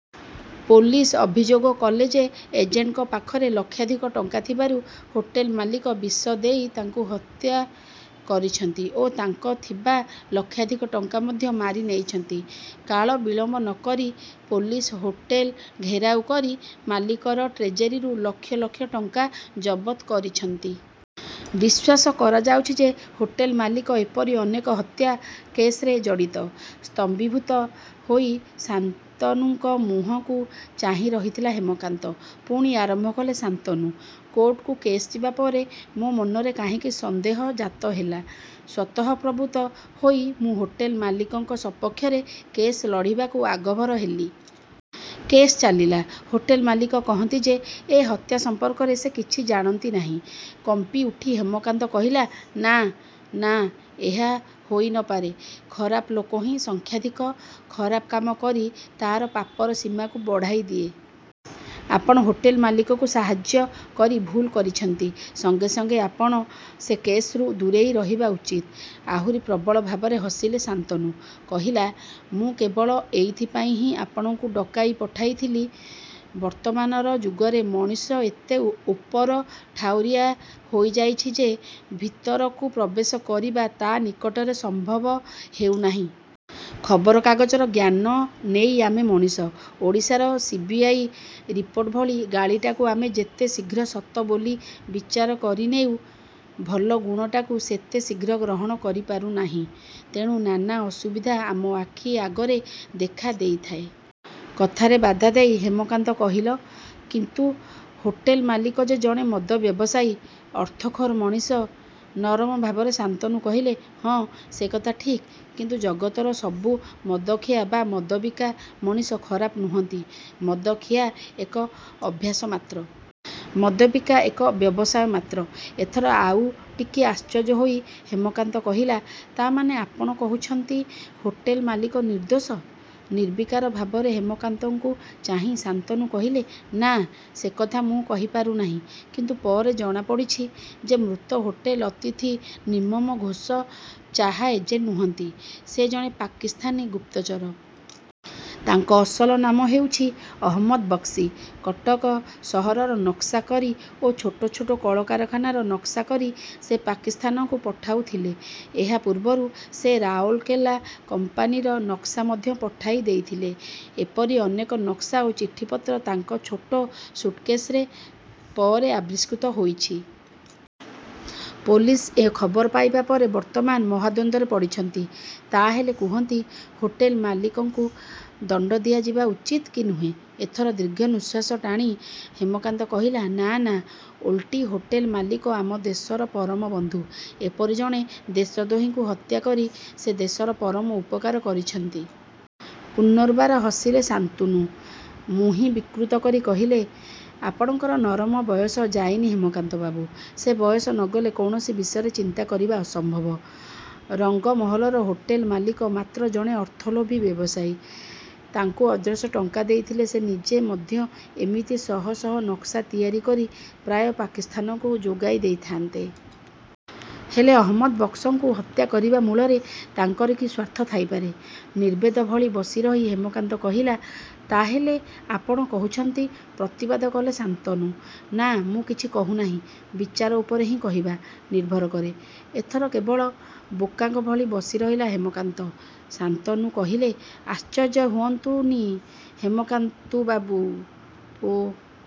Police ଅଭିଯୋଗ କଲେ ଯେ ଏଜେଣ୍ଟଙ୍କ ପାଖରେ ଲକ୍ଷାଧିକ ଟଙ୍କା ଥିବାରୁ ହୋଟେଲ ମାଲିକ ବିଷ ଦେଇ ତାଙ୍କୁ ହତ୍ୟା... କରିଛନ୍ତି ଓ ତାଙ୍କ ଥିବା ଲକ୍ଷାଧିକ ଟଙ୍କା ମଧ୍ୟ ମାରି ନେଇଛନ୍ତି। କାଳ ବିଳମ୍ବ ନ କରି ପୋଲିସ ହୋଟେଲ ଘେରାଉ କରି, ମାଲିକର ଟ୍ରେଜେରୀରୁ ଲକ୍ଷ ଲକ୍ଷ ଟଙ୍କା ଜବତ୍ କରିଛନ୍ତି। ବିଶ୍ୱାସ କରା ଯାଉଛି ଯେ—ହୋଟେଲ୍ ମାଲିକ ଏପରି ଅନେକ ହତ୍ୟା କେସ୍ରେ ଜଡ଼ିତ। ସ୍ତମ୍ଭୀଭୂତ ହୋଇ ଶାନ୍ତନୁଙ୍କ ମୁହକୁ ଚାହିଁ ରହିଥିଲା ହେମକାନ୍ତ...। ପୁଣି ଆରମ୍ଭ କଲେ ଶାନ୍ତନୁ... କୋର୍ଟକୁ କେସ୍ ଯିବାପରେ ମୋ ମନରେ କାହିଁକି ସନ୍ଦେହ ଜାତ ହେଲା। ସ୍ୱତଃପ୍ରବୃତ୍ତ ହୋଇ ମୁଁ ହୋଟେଲ ମାଲିକଙ୍କ ସପକ୍ଷରେ କେସ୍ ଲଢ଼ିବାକୁ ଆଗଭର ହେଲି। କେସ୍ ଚାଲିଲା। ହୋଟେଲ ମାଲିକ କହନ୍ତି ଯେ—ଏ ହତ୍ୟା ସମ୍ପର୍କରେ ସେ କିଛି ଜାଣନ୍ତି ନାହିଁ। କମ୍ପି ଉଠି ହେମକାନ୍ତ କହିଲା—ନାଁ... ନାଁ ଏହା ହୋଇ ନ ପାରେ। ଖରାପ ଲୋକ ହିଁ ସଂଖ୍ୟାଧିକ ଖରାପ କାମ କରି ତା'ର ପାପର ସୀମାକୁ ବଢ଼ାଇ ଦିଏ। ଆପଣ ହୋଟେଲ ମାଲିକକୁ ସାହାର୍ଯ୍ୟ କରି ଭୁଲ୍ କରିଛନ୍ତି। ସଙ୍ଗେ ସଙ୍ଗେ ଆପଣ ସେ କେସ୍ରୁ ଦୂରେଇ ରହିବା ଉଚିତ। ଆହୁରି ପ୍ରବଳ ଭାବରେ ହସିଲେ ଶାନ୍ତନୁ କହିଲା ମୁଁ କେବଳ ଏଇଥିପାଇଁ ହିଁ ଆପଣଙ୍କୁ ଡ଼କାଇ ପଠାଇ ଥିଲି। ବର୍ତ୍ତମାନର ଯୁଗରେ ମଣିଷ ଏତେ ଉପର ଠାଉରିଆ ହୋଇଯାଇଛି ଯେ ଭିତରକୁ ପ୍ରବେଶ କରିବା ତା' ନିକଟରେ ସମ୍ଭବ ହେଉନାହିଁ। ଖବରକାଗଜର ଜ୍ଞାନ ନେଇ ଆମେ ମଣିଷ। ଓଡ଼ିଶାର ସି. ବି. ଆଇ ରିପୋର୍ଟ ଭଳି ଗାଳିଟାକୁ ଆମେ ଯେତେ ଶୀଘ୍ର ସତ ବୋଲି ବିଚାର କରି ନେଉ... ଭଲ ଗୁଣଟାକୁ ସେତେ ଶୀଘ୍ର ଗ୍ରହଣ କରିପାରୁ ନାହିଁ। ତେଣୁ ନାନା ଅସୁବିଧା ଆମ ଆଖି ଆଗରେ ଦେଖା ଦେଇଥାଏ। କଥାରେ ବାଧା ଦେଇ ହେମକାନ୍ତ କହିଲ—କିନ୍ତୁ ହୋଟେଲ ମାଲିକ ଯେ ଜଣେ ମଦ ବ୍ୟବସାୟୀ... ଅର୍ଥଖୋର ମଣିଷ। ନରମ ଭାବରେ ଶାନ୍ତନୁ କହିଲେ–ହଁ ସେ କଥା ଠିକ୍। କିନ୍ତୁ ଜଗତର ସବୁ ମଦଖିଆ ବା ମଦ ବିକା ମଣିଷ ଖରାପ ନୁହଁନ୍ତି। ମଦଖିଆ ଏକ ଅଭ୍ୟାସ ମାତ୍ର। ମଦ ବିକା ଏକ ବ୍ୟବସାୟ ମାତ୍ର। ଏଥର ଆଉ ଟିକେ ଆଶ୍ଚର୍ଯ୍ୟ ହୋଇ ହେମକାନ୍ତ କହିଲା—ତା'ମାନେ ଆପଣ କହୁଛନ୍ତି ହୋଟେଲ ମାଲିକ ନିର୍ଦ୍ଦୋଷ? ନିର୍ବିକାର ଭାବରେ ହେମକାନ୍ତଙ୍କୁ ଚାହିଁ ଶାନ୍ତନୁ କହିଲେ—ନାଁ... ସେ କଥା ମୁଁ କହି ପାରୁନାହିଁ। କିନ୍ତୁ ପରେ ଜଣାପଡ଼ିଛି ଯେ ମୃତ ହୋଟେଲ ଅତିଥି ନିର୍ମମ ଘୋଷ ଚାହା ଏଜେଣ୍ଟ ନୁହଁନ୍ତି, ସେ ଜଣେ ପାକସ୍ଥାନୀ ଗୁପ୍ତଚର। ତାଙ୍କ ଅସଲ ନାମ ହେଉଛି ଅହମଦ୍ ବକ୍ସି। କଟକ ସହରର ନକ୍ସା କରି ଓ ଛୋଟ ଛୋଟ କଳ କାରଖାନାର ନକ୍ସା କରି ସେ ପାକିସ୍ଥାନକୁ ପଠାଉଥିଲେ। ଏହା ପୂର୍ବରୁ ସେ ରାଓରକେଲା କମ୍ପାନୀର ନକ୍ସା ମଧ୍ୟ ପଠାଇ ଦେଇଥିଲେ। ଏପରି ଅନେକ ନକ୍ସା ଓ ଚିଠିପତ୍ର ତାଙ୍କ ଛୋଟ ସୁଟ୍କେଶରେ ପରେ ଆବିଷ୍କୃତ ହୋଇଛି। ପୋଲିସ୍ଏ ଖବର ପାଇବା ପରେ ବର୍ତ୍ତମାନ ମହାଦ୍ୱନ୍ଦରେ ପଡ଼ିଛନ୍ତି। ତା'ହେଲେ କୁହନ୍ତି.. ହୋଟେଲ ମାଲିକଙ୍କୁ ଦଣ୍ଡ ଦିଆଯିବ ଉଚିତ କି ନୁହେଁ। ଏଥର ଦୀର୍ଘନିଃଶ୍ୱାସ ଟାଣି ହେମକାନ୍ତ କହିଲା—ନାଁ... ନାଁ... ଓଲଟି ହୋଟେଲ ମାଲିକ ଆମ ଦେଶର ପରମ ବନ୍ଧୁ। ଏପରି ଜଣେ ଦେଶଦ୍ରୋହୀଙ୍କୁ ହତ୍ୟା କରି ସେ ଦେଶର ପରମ ଉପକାର କରିଛନ୍ତି। ପୁନର୍ବାର ହସିଲେ ଶାନ୍ତୁନୁ... ମୁହିଁ ବିକୃତ କରି କହିଲେ—ଆପଣଙ୍କର ନରମ ବୟସ ଯାଇନି ହେମକାନ୍ତ ବାବୁ। ସେ ବୟସ ନ ଗଲେ କୌଣସ ବିଷୟରେ ଚିନ୍ତା କରିବା ଅସମ୍ଭବ। ରଙ୍ଗମହଲର ହୋଟେଲ ମାଲିକ ମାତ୍ର ଜଣେ ଅର୍ଥଲୋଭୀ ବ୍ୟବସାୟୀ। ତାଙ୍କୁ ଅଜସ୍ର ଟଙ୍କା ଦେଇଥିଲେ ସେ ନିଜେ ମଧ୍ୟ ଏମିତି ଶହ ଶହ ନକ୍ସା ତିଆରି କରି ପ୍ରାୟ ପାକିସ୍ଥାନକୁ ଯୋଗାଇ ଦେଇଥାନ୍ତେ। ହେଲେ ଅହମଦ୍ ବକ୍ସଙ୍କୁ ହତ୍ୟା କରିବା ମୂଳରେ ତାଙ୍କର କି ସ୍ୱାର୍ଥ ଥାଇପାରେ? ନିର୍ବେଦ ଭଳି ବସିରହି ହେମକାନ୍ତ କହିଲା ତା'ହେଲେ... ଆପଣ କହୁଛନ୍ତି... ପ୍ରତିବାଦ କଲେ ଶାନ୍ତନୁ... ନା... ମୁଁ କିଛି କହୁନାହିଁ। ବିଚାର ଉପରେ ହିଁ କହିବା। ନିର୍ଭର କରେ। ଏଥର କେବଳ ବୋକାଙ୍କ ଭଳି ବସିରହିଲା ହେମକାନ୍ତ। ଶାନ୍ତନୁ କହିଲେ ଆଶ୍ଚର୍ଯ୍ୟ ହୁଅନ୍ତୁ ନି ହେମକାନ୍ତୁ ବାବୁ। ଓ